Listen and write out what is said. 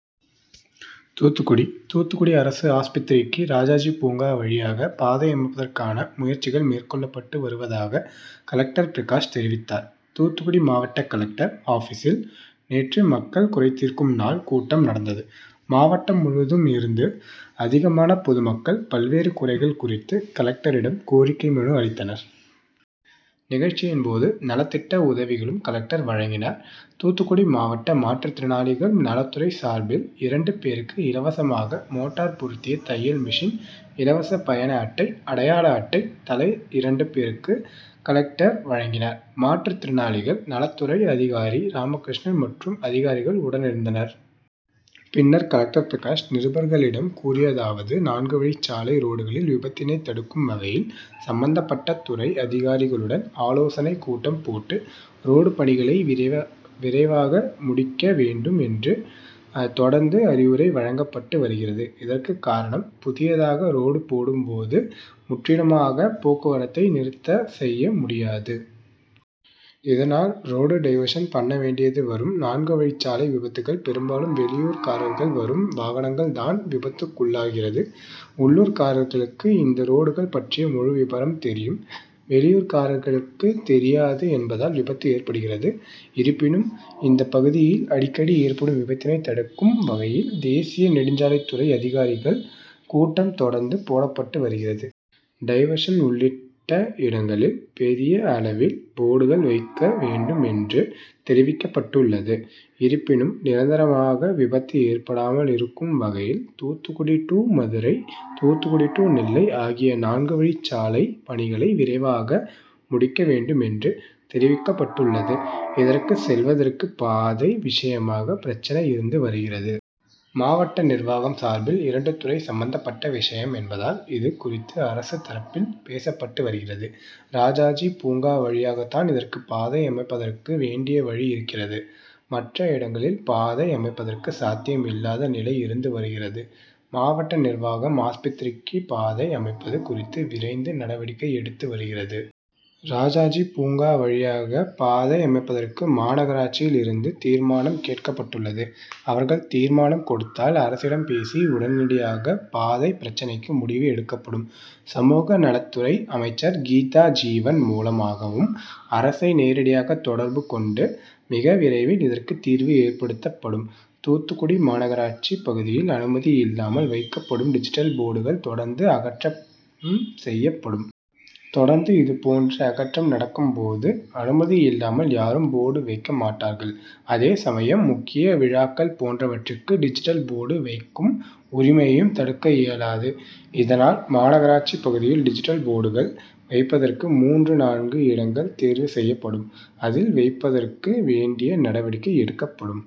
தூத்துக்குடி: தூத்துக்குடி அரசு ஆஸ்பத்திரிக்கு ராஜாஜி பூங்கா வழியாக பாதை அமைப்பதற்கான முயற்சிகள் மேற்கொள்ளப்பட்டு வருவதாக கலெக்டர் பிரகாஷ் தெரிவித்தார். தூத்துக்குடி மாவட்ட கலெக்டர் ஆபிசில் நேற்று மக்கள் குறைதீர்க்கும் நாள் கூட்டம் நடந்தது. மாவட்டம் முழுவதும் இருந்து அதிகமான பொதுமக்கள் பல்வேறு குறைகள் குறித்து கலெக்டரிடம் கோரிக்கை மனு அளித்தனர். நிகழ்ச்சியின் போது நலத்திட்ட உதவிகளும் கலெக்டர் வழங்கினார். தூத்துக்குடி மாவட்ட மாற்றுதிறனாளிகள் நலத்துறை சார்பில் இரண்டு பேருக்கு இலவசமாக மோட்டார் பொருத்திய தையல் மிஷின், இலவச பயண அட்டை, அடையாள அட்டை தலா இரண்டு பேருக்கு கலெக்டர் வழங்கினார். மாற்றுத்திறனாளிகள் நலத்துறை அதிகாரி ராமகிருஷ்ணன் மற்றும் அதிகாரிகள் உடனிருந்தனர். பின்னர் கலெக்டர் பிரகாஷ் நிருபர்களிடம் கூறியதாவது நான்குவழிச்சாலை ரோடுகளில் விபத்தினை தடுக்கும் வகையில் சம்பந்தப்பட்ட துறை அதிகாரிகளுடன் ஆலோசனைக் கூட்டம் போட்டு, ரோடு பணிகளை விரைவாக முடிக்க வேண்டும் என்று தொடர்ந்து அறிவுரை வழங்கப்பட்டு வருகிறது. இதற்கு காரணம் புதியதாக ரோடு போடும் போது முற்றிலுமாக போக்குவரத்தை நிறுத்தம் செய்ய முடியாது. இதனால் ரோடு டைவர்சன் பண்ண வேண்டியது வரும். நான்கு வழிச்சாலை விபத்துகள் பெரும்பாலும் வெளியூர்காரர்கள் வரும் வாகனங்கள் தான் விபத்துக்குள்ளாகிறது. உள்ளூர்காரர்களுக்கு இந்த ரோடுகள் பற்றிய முழு விபரம் தெரியும். வெளியூர்காரர்களுக்கு தெரியாது என்பதால் விபத்து ஏற்படுகிறது. இருப்பினும் இந்த பகுதியில் அடிக்கடி ஏற்படும் விபத்தினை தடுக்கும் வகையில் தேசிய நெடுஞ்சாலைத்துறை அதிகாரிகள் கூட்டம் தொடர்ந்து போடப்பட்டு வருகிறது. டைவர்சன் உள்ளிட்ட இடங்களில் பெரிய அளவில் போர்டுகள் வைக்க வேண்டும் என்று தெரிவிக்கப்பட்டுள்ளது. இருப்பினும் நிரந்தரமாக விபத்து ஏற்படாமல் இருக்கும் வகையில் தூத்துக்குடி டூ மதுரை, தூத்துக்குடி டூ நெல்லை ஆகிய நான்கு வழிச்சாலை பணிகளை விரைவாக முடிக்க வேண்டும் என்று தெரிவிக்கப்பட்டுள்ளது. இதற்கு செல்வதற்கு பாதை விஷயமாக பிரச்னை இருந்து வருகிறது. மாவட்ட நிர்வாகம் சார்பில் இரண்டு துறை சம்பந்தபட்ட விஷயம் என்பதால் இது குறித்து அரசு தரப்பில் பேசப்பட்டு வருகிறது. ராஜாஜி பூங்கா வழியாகத்தான் இதற்கு பாதை அமைப்பதற்கு வேண்டிய வழி இருக்கிறது. மற்ற இடங்களில் பாதை அமைப்பதற்கு சாத்தியம் இல்லாத நிலை இருந்து வருகிறது. மாவட்ட நிர்வாகம் ஆஸ்பத்திரிக்கு பாதை அமைப்பது குறித்து விரைந்து நடவடிக்கை எடுத்து வருகிறது. ராஜாஜி பூங்கா வழியாக பாதை அமைப்பதற்கு மாநகராட்சியில் இருந்து தீர்மானம் கேட்கப்பட்டுள்ளது. அவர்கள் தீர்மானம் கொடுத்தால் அரசிடம் பேசி உடனடியாக பாதை பிரச்னைக்கு முடிவு எடுக்கப்படும். சமூகநலத்துறை அமைச்சர் கீதாஜீவன் மூலமாகவும் அரசை நேரடியாக தொடர்பு கொண்டு மிக விரைவில் இதற்கு தீர்வு ஏற்படுத்தப்படும். தூத்துக்குடி மாநகராட்சி பகுதியில் அனுமதி இல்லாமல் வைக்கப்படும் டிஜிட்டல் போர்டுகள் தொடர்ந்து அகற்றம் செய்யப்படும். தொடர்ந்து இதுபோன்ற அகற்றம் நடக்கும் போது அனுமதி இல்லாமல் யாரும் போர்டு வைக்கமாட்டார்கள். அதே சமயம் முக்கிய விழாக்கள் போன்றவற்றிற்கு டிஜிட்டல் போர்டு வைக்கும் உரிமையையும் தடுக்க இயலாது. இதனால் மாநகராட்சி பகுதியில் டிஜிட்டல் போர்டுகள் வைப்பதற்கு மூன்று நான்கு இடங்கள் தேர்வு செய்யப்படும் அதில் வைப்பதற்கு வேண்டிய நடவடிக்கை எடுக்கப்படும்.